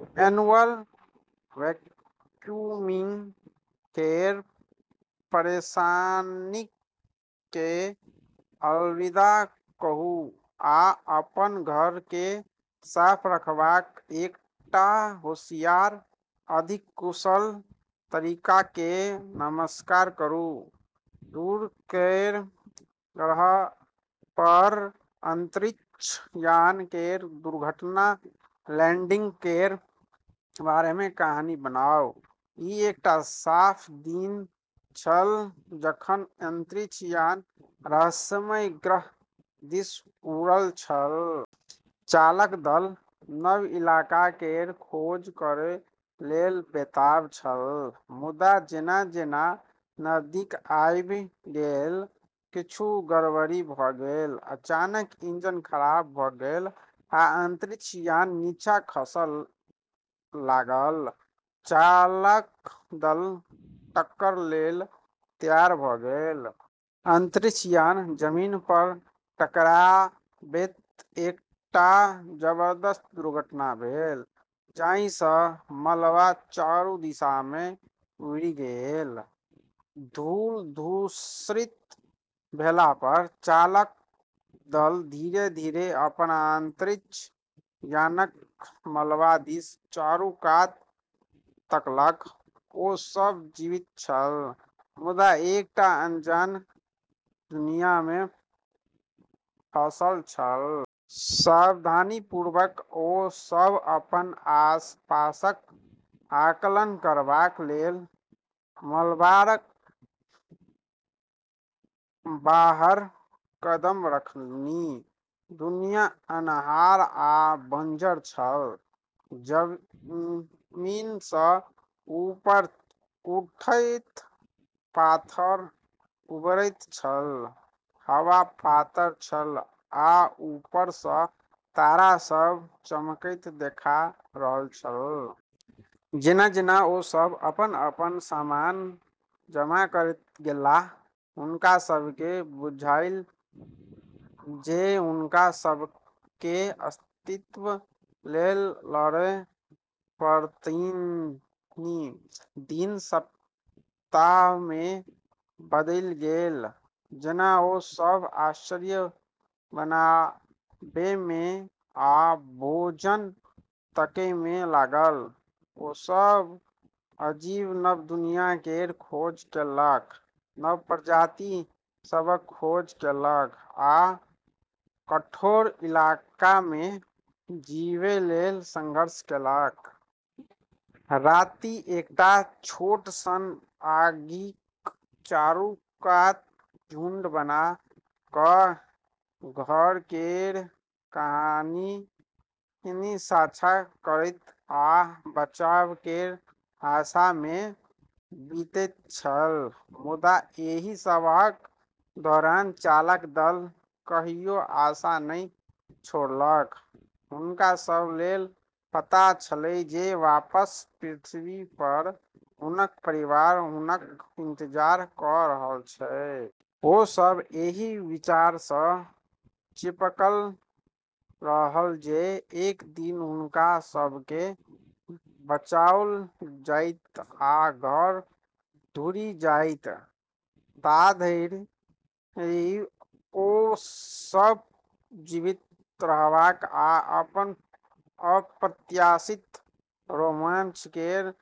Manual vacuuming केर परेशानीकेँ अलविदा कहू आ अपन घरकेँ साफ रखबाक एकटा होशियार, अधिक कुशल तरीकाकेँ नमस्कार करू। दूर केर ग्रहपर अंतरिक्ष यान केर दुर्घटना-लैंडिंग केर बारेमे कहानी बनाउ। ई एकटा साफ दिन छल जखन अंतरिक्ष यान रहस्यमयी ग्रह दिस उतरल छल। चालक दल नव इलाका केर खोज करै लेल बेताब छल, मुदा जेना-जेना नजदीक आबि गेल, किछु गड़बड़ी भऽ गेल। अचानक इंजन खराब भऽ गेल आ अंतरिक्ष यान नीचाँ खसै लागल। चालक दल टक्कर लेल तैयार भऽ गेल। अंतरिक्ष यान जमीनपर टकराबैत एकटा जबरदस्त दुर्घटना भेल, जाहिसँ मलबा चारू दिशामे उड़ि गेल। धूल-धूसरित भेलापर चालक दल धीरे-धीरे अपन अंतरिक्ष यानक मलबा दिस चारू कात तकलक। ओ सभ जीवित छल, मुदा एकटा अनजान दुनियामे फंसल छल। सावधानीपूर्वक ओ सब अपन आसपासक आकलन करबाक लेल मलबारक बाहर कदम रखलनि। दुनिया अन्हार आ बंजर छल, जमीनसँ ऊपर उठैत पाथर उभरैत छल। हवा पातर छल आ ऊपरसँ तारा सभ चमकैत देखा रहल छल। जेना-जेना ओ सभ अपन-अपन सामान जमा करैत गेलाह, हुनका सभकेँ बुझायल जे हुनका सभकेँ अस्तित्व लेल लड़ै पड़तनि। दिन सप्ताहमे बदलि गेल जेना ओ सब आश्रय बनाबैमे आ भोजन तकैमे लागल। ओ सब अजीब नव दुनिया केर खोज केलक, नव प्रजाति सभक खोज केलक आ कठोर इलाकामे जीबै लेल संघर्ष केलक। राति एकटा छोट सन आगिक चारू कात झुंड बना कऽ घर केर कहानी साझा करैत आ बचाव केर आशामे बीतैत छल। मुदा एहि सबहक दौरान चालक दल कहियो आशा नहि छोड़लक। हुनका सब लेल पता छलै जे वापस पृथ्वीपर हुनक परिवार हुनक इंतजार कऽ रहल छै। ओ सभ एहि विचारसँ चिपकल रहल जे एक दिन हुनका सभकेँ बचाओल जाएत आ घर घुरि जाएत। ताधरि ओ सब जीवित रहबाक आ अपन अप्रत्याशित रोमांच केर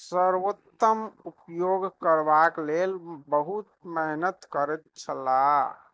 सर्वोत्तम उपयोग करबाक लेल बहुत मेहनत करैत छलाह।